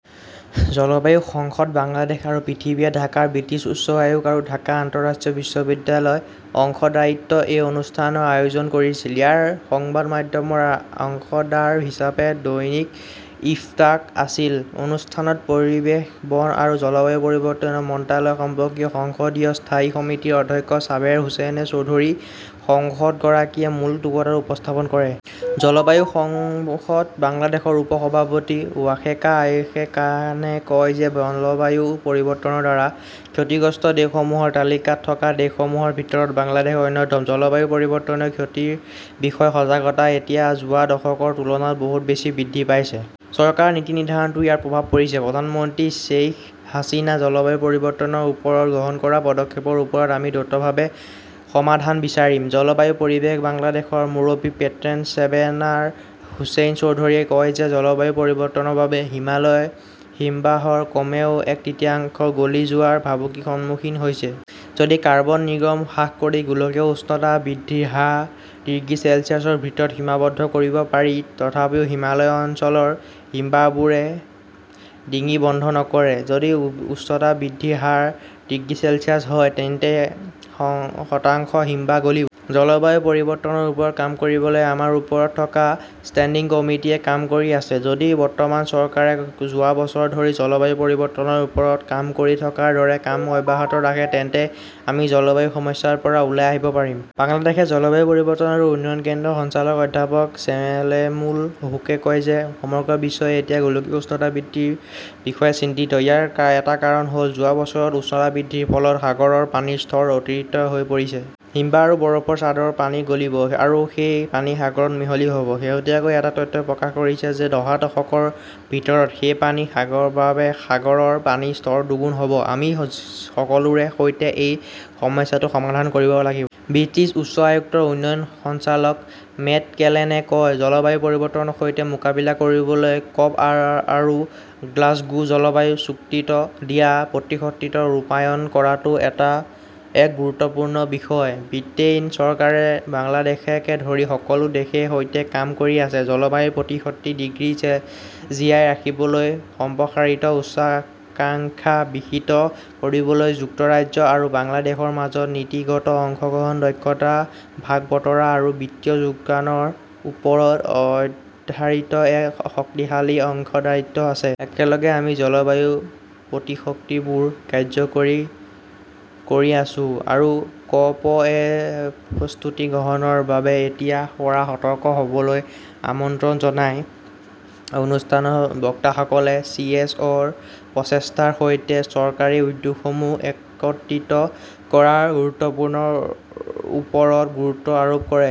জলবায়ু সংসদ বাংলাদেশ আৰু পৃথিৱীয়ে ঢাকাৰ ব্ৰিটিছ উচ্চ আয়োগ আৰু ঢাকা আন্তঃৰাষ্ট্ৰীয় বিশ্ববিদ্যালয়ৰ অংশীদাৰিত্বত এই অনুষ্ঠানৰ আয়োজন কৰিছে। ইয়াত সংবাদ মাধ্যমৰ অংশীদাৰ হিচাপে দৈনিক ইত্তেফাক আছিল। অনুষ্ঠানত পৰিৱেশ, বন আৰু জলবায়ু পৰিৱৰ্তন মন্ত্ৰালয় সম্পৰ্কীয় সংসদীয় স্থায়ী সমিতিৰ অধ্যক্ষ ছাবেৰ হোসেন চৌধুৰী, সাংসদগৰাকীয়ে মূল টোকাটো উপস্থাপন কৰে। জলবায়ু সংসদ বাংলাদেশৰ উপ-সভাপতি ৱাসেকা আয়েশা খানে কয় যে জলবায়ু পৰিৱৰ্তনৰ দ্বাৰা ক্ষতিগ্ৰস্ত দেশসমূহৰ তালিকাত থকা দেশসমূহৰ ভিতৰত বাংলাদেশ অন্যতম। জলবায়ু পৰিৱৰ্তনৰ ক্ষতিৰ বিষয়ে সজাগতা এতিয়া যোৱা দশকৰ তুলনাত বহু বেছি বৃদ্ধি পাইছে। চৰকাৰৰ নীতি নিৰ্ধাৰণতো ইয়াৰ প্ৰভাৱ পৰিছে। প্ৰধানমন্ত্ৰী শ্বেইখ হাছিনাই জলবায়ু পৰিৱৰ্তনৰ ওপৰত গ্ৰহণ কৰা পদক্ষেপৰ ওপৰত আমি দ্ৰুতভাৱে সমাধান বিচাৰিম। জলবায়ু পৰিৱেশ বাংলাদেশৰ মুৰব্বী পেট্ৰন চেবাৰ হোসেন চৌধুৰীয়ে কয় যে জলবায়ু পৰিৱৰ্তনৰ বাবে হিমালয়ৰ হিমবাহৰ কমেও এক তৃতীয়াংশ গলি যোৱাৰ ভাবুকিৰ সন্মুখীন হৈছে। যদি কাৰ্বন নিৰ্গমন হ্ৰাস কৰি গোলকীয় উষ্ণতা বৃদ্ধিৰ হাৰ ডিগ্ৰী চেলছিয়াছৰ ভিতৰত সীমাবদ্ধ কৰিব পাৰি, তথাপিও হিমালয় অঞ্চলৰ হিমবাহবোৰে ডিঙি বন্ধ নকৰে। যদি উষ্ণতা বৃদ্ধিৰ হাৰ ডিগ্ৰী চেলছিয়াছ হয়, তেন্তে শতাংশ হিমবাহ গলিব। জলবায়ু পৰিৱৰ্তনৰ ওপৰত কাম কৰিবলৈ আমাৰ ওচৰত থকা ষ্টেণ্ডিং কমিটিয়ে কাম কৰি আছে। যদি বৰ্তমানৰ চৰকাৰে যোৱা বছৰ ধৰি জলবায়ু পৰিৱৰ্তনৰ ওপৰত কাম কৰি থকাৰ দৰে কাম অব্যাহত ৰাখে তেন্তে আমি জলবায়ু সমস্যাৰ পৰা ওলাই আহিব পাৰিম। বাংলাদেশ জলবায়ু পৰিৱৰ্তন আৰু উন্নয়ন কেন্দ্ৰৰ সঞ্চালক অধ্যাপক চেলেমুল হুকে কয় যে সমগ্ৰ বিশ্বই এতিয়া গোলকীয় উষ্ণতা বৃদ্ধিৰ বিষয়ে চিন্তিত। ইয়াৰ এটা কাৰণ হ'ল, যোৱা বছৰত উষ্ণতা বৃদ্ধিৰ ফলত সাগৰৰ পানীৰ স্তৰ অতিৰিক্ত হৈ পৰিছে। হিমবাহ আৰু বৰফৰ চাদৰত পানী গলিব, আৰু সেই পানী সাগৰত মিহলি হ'ব। শেহতীয়াকৈ এটা তথ্যই প্ৰকাশ কৰিছে যে অহা দশকৰ ভিতৰত সেই পানীৰ বাবে সাগৰৰ পানীৰ স্তৰ দুগুণ হ'ব। আমি সকলোৰে সৈতে এই সমস্যাটো সমাধান কৰিব লাগিব। ব্ৰিটিছ উচ্চায়ুক্তৰ উন্নয়ন সঞ্চালক মেট কেনেলে কয়, "জলবায়ু পৰিৱৰ্তনৰ সৈতে মোকাবিলা কৰিবলৈ ক'প আৰু গ্লাছগো জলবায়ু চুক্তিত দিয়া প্ৰতিশ্ৰুতিসমূহ ৰূপায়ণ কৰাটো এক গুৰুত্বপূৰ্ণ বিষয়। ব্ৰিটেইন চৰকাৰে বাংলাদেশকে ধৰি সকলো দেশৰ সৈতে কাম কৰি আছে, জলবায়ু প্ৰতিশ্ৰুতিত ডিগ্ৰী জীয়াই ৰাখিবলৈ সম্প্ৰসাৰিত উচ্চাকাংক্ষা বিকশিত কৰিবলৈ যুক্তৰাজ্য আৰু বাংলাদেশৰ মাজত নীতিগত অংশগ্ৰহণ, দক্ষতা ভাগ-বতৰা আৰু বিত্তীয় যোগানৰ ওপৰত আধাৰিত এক শক্তিশালী অংশীদাৰিত্ব আছে। একেলগে, আমি জলবায়ুৰ প্ৰতিশত্তিবোৰ কাৰ্যকৰী কৰি আছো। আৰু ক 'প -এ প্ৰস্তুতি গ্ৰহণৰ বাবে এতিয়াৰ পৰা সতৰ্ক হ' বলৈ আমন্ত্ৰণ জনায়। অনুষ্ঠানত বক্তাসকলে চি. এছ. অ '. -ৰ প্ৰচেষ্টাৰ সৈতে চৰকাৰী উদ্যোগসমূহক একত্ৰিত কৰাৰ গুৰুত্বৰ ওপৰত গুৰুত্ব আৰোপ কৰে।